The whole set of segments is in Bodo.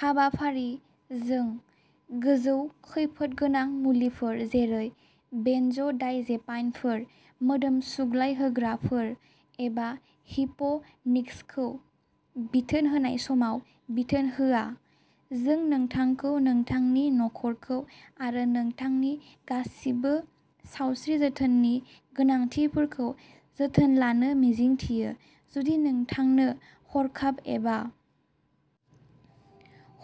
हाबाफारि जों गोजौ खैफोदगोनां मुलिफोर जेरै बेनज'डायजेपाइनफोर मोदोम सुग्लायहोग्राफोर एबा हिप'निक्सखौ बिथोन होनाय समाव बिथोन होआ जों नोंथांखौ नोंथांनि नखरखौ आरो नोंथांनि गासिबो सावस्रि जोथोननि गोनांथिफोरखौ जोथोन लानो मिजिंथियो। जुदि नोंथांनो हरखाब एबा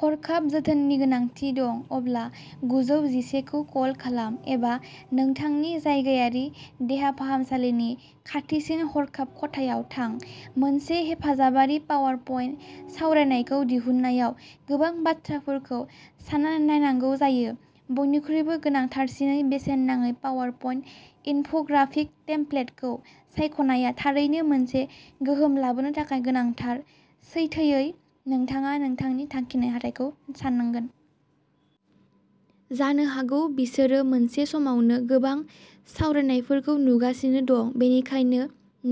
हरखाब जोथोननि गोनांथि दं अब्ला गुजौ जिसे खौ कल खालाम एबा नोंथांनि जायगायारि देहा फाहामसालिनि खाथिसिन हरखाब खथायाव थां मोनसे हेफाजाबारि पावारप्वइन्ट सावरायनायखौ दिहुननायाव गोबां बाथ्राफोरखौ सानना नायनांगौ जायो बयनिख्रुइबो गोनांथारसिनै बेसेन नाङै पावारप्वइन्ट इनफ'ग्राफिक टेमप्लेटखौ सायख'नाया थारैनो मोनसे गोहोम लाबोनो थाखाय गोनांथार सैथोयै नोंथाङा नोंथांनि थांखिनाय हाथाइखौ साननांगोन। जानो हागौ बिसोरो मोनसे समावनो गोबां सावरायनायफोरखौ नुगासिनो दं बेनिखायनो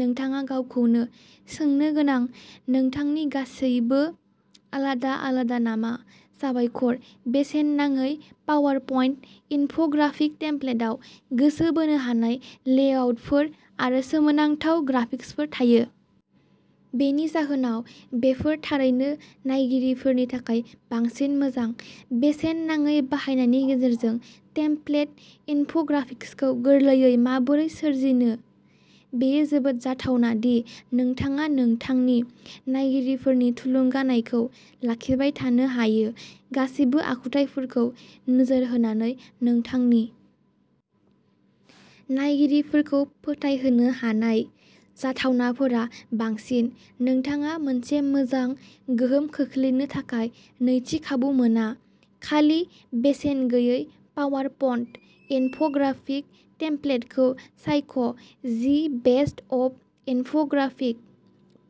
नोंथाङा गावखौनो सोंनो गोनां नोंथांनि गासैबो आलादा आलादा नामा साबायखर बेसेन नाङै पावारप्वइन्ट इनफ'ग्राफिक टेमप्लेटआव गोसो बोनो हानाय लेआउटफोर आरो सोमोनांथाव ग्राफिक्सफोर थायो। बेनि जाहोनाव बेफोर थारैनो नायगिरिफोरनि थाखाय बांसिन मोजां। बेसेन नाङै बाहायनायनि गेजेरजों टेमप्लेट इनफ'ग्राफिक्सखौ गोरलैयै माबोरै सोरजिनो बेयो जोबोद जाथावना दि नोंथाङा नोंथांनि नायगिरिफोरनि थुलुंगानायखौ लाखिबाय थानो हायो गासिबो आखुथाइफोरखौ नोजोर होनानै नोंथांनि नायगिरिफोरखौ फोथायहोनो हानाय जाथावनाफोरा बांसिन नोंथाङा मोनसे मोजां गोहोम खोख्लैनो थाखाय नैथि खाबु मोना खालि बेसेन गैयै पावारप'न्ट इनफ'ग्राफिक टेमप्लेटखौ सायख' the best of infographic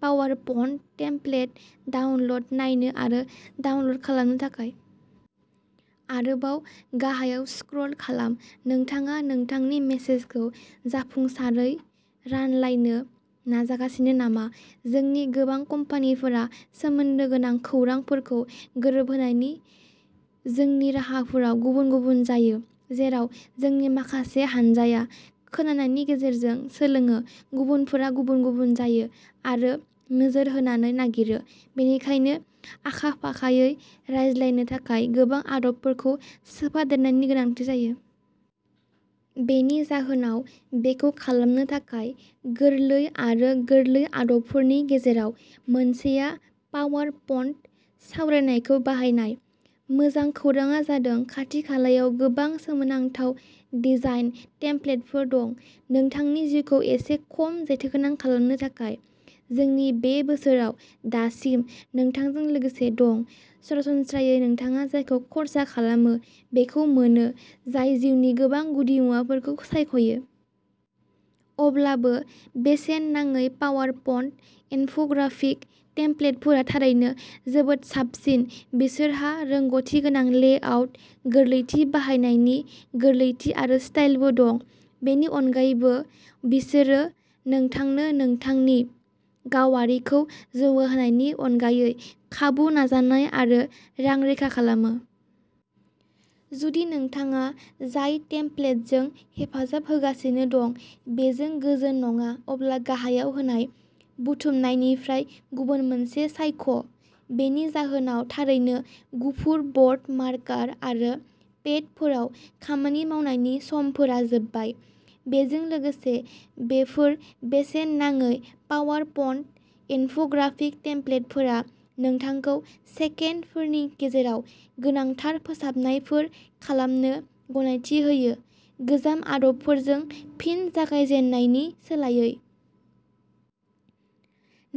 PowerPoint template download नायनो आरो डाउनल'ड खालामनो थाखाय आरोबाव गाहायाव स्क्रोल खालाम नोंथाङा नोंथांनि मेसेजखौ जाफुंसारै रानलायनो नाजागासिनो नामा जोंनि गोबां कम्पानिफोरा सोमोन्दो गोनां खौरांफोरखौ गोरोबहोनायनि जोंनि राहाफोराव गुबुन गुबुन जायो जेराव जोंनि माखासे हान्जाया खोनानायनि गेजेरजों सोलोङो गुबुनफोरा गुबुन गुबुन जायो आरो नोजोर होनानै नागिरो बेनिखायनो आखा फाखायै रायज्लायनो थाखाय गोबां आदबफोरखौ सोफादेरनायनि गोनांथि जायो। बेनि जाहोनाव बेखौ खालामनो थाखाय गोरलै आरो गोरलै आदबफोरनि गेजेराव मोनसेआ पावारप'न्ट सावरायनायखौ बाहायनाय। मोजां खौरांआ जादों खाथि-खालायाव गोबां सोमोनांथाव डिजाइन टेमप्लेटफोर दं। नोंथांनि जिउखौ एसे खम जेथोगोनां खालामनो थाखाय जोंनि बे बोसोराव दासिम नोंथांजों लोगोसे दं सरासनस्रायै नोंथाङा जायखौ खर्सा खालामो बेखौ मोनो जाय जिउनि गोबां गुदिमुवाफोरखौ सायख'यो। अब्लाबो बेसेन नाङै पावारप'न्ट इनफ'ग्राफिक टेमप्लेटफोरा थारैनो जोबोद साबसिन बिसोरहा रोंग'थि गोनां लेआउट गोरलैथि बाहायनायनि गोरलैथि आरो स्टाइलबो दं। बेनि अनगायैबो बिसोरो नोंथांनो नोंथांनि गावारिखौ जौगाहोनायनि अनगायै खाबु नाजानाय आरो रां रैखा खालामो। जुदि नोंथाङा जाय टेमप्लेटजों हेफाजाब होगासिनो दं बेजों गोजोन नङा अब्ला गाहायाव होनाय बुथुमनायनिफ्राय गुबुन मोनसे सायख'। बेनि जाहोनाव थारैनो गुफुर ब'र्ड मार्कार आरो पेडफोराव खामानि मावनायनि समफोरा जोबबाय। बेजों लोगोसे बेफोर बेसेन नाङै पावारप'न्ट इनफ'ग्राफिक टेमप्लेटफोरा नोंथांखौ सेकेन्डफोरनि गेजेराव गोनांथार फोसाबनायफोर खालामनो गनायथि होयो गोजाम आदबफोरजों फिन जागायजेन्नायनि सोलायै।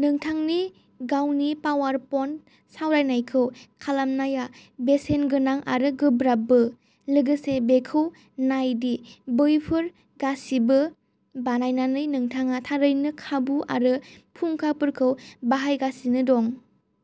नोंथांनि गावनि पावारप'न्ट सावरायनायखौ खालामनाया बेसेन गोनां आरो गोब्राबबो। लोगोसे बेखौ नाय दि बैफोर गासिबो बानायनानै नोंथाङा थारैनो खाबु आरो फुंखाफोरखौ बाहायगासिनो दं।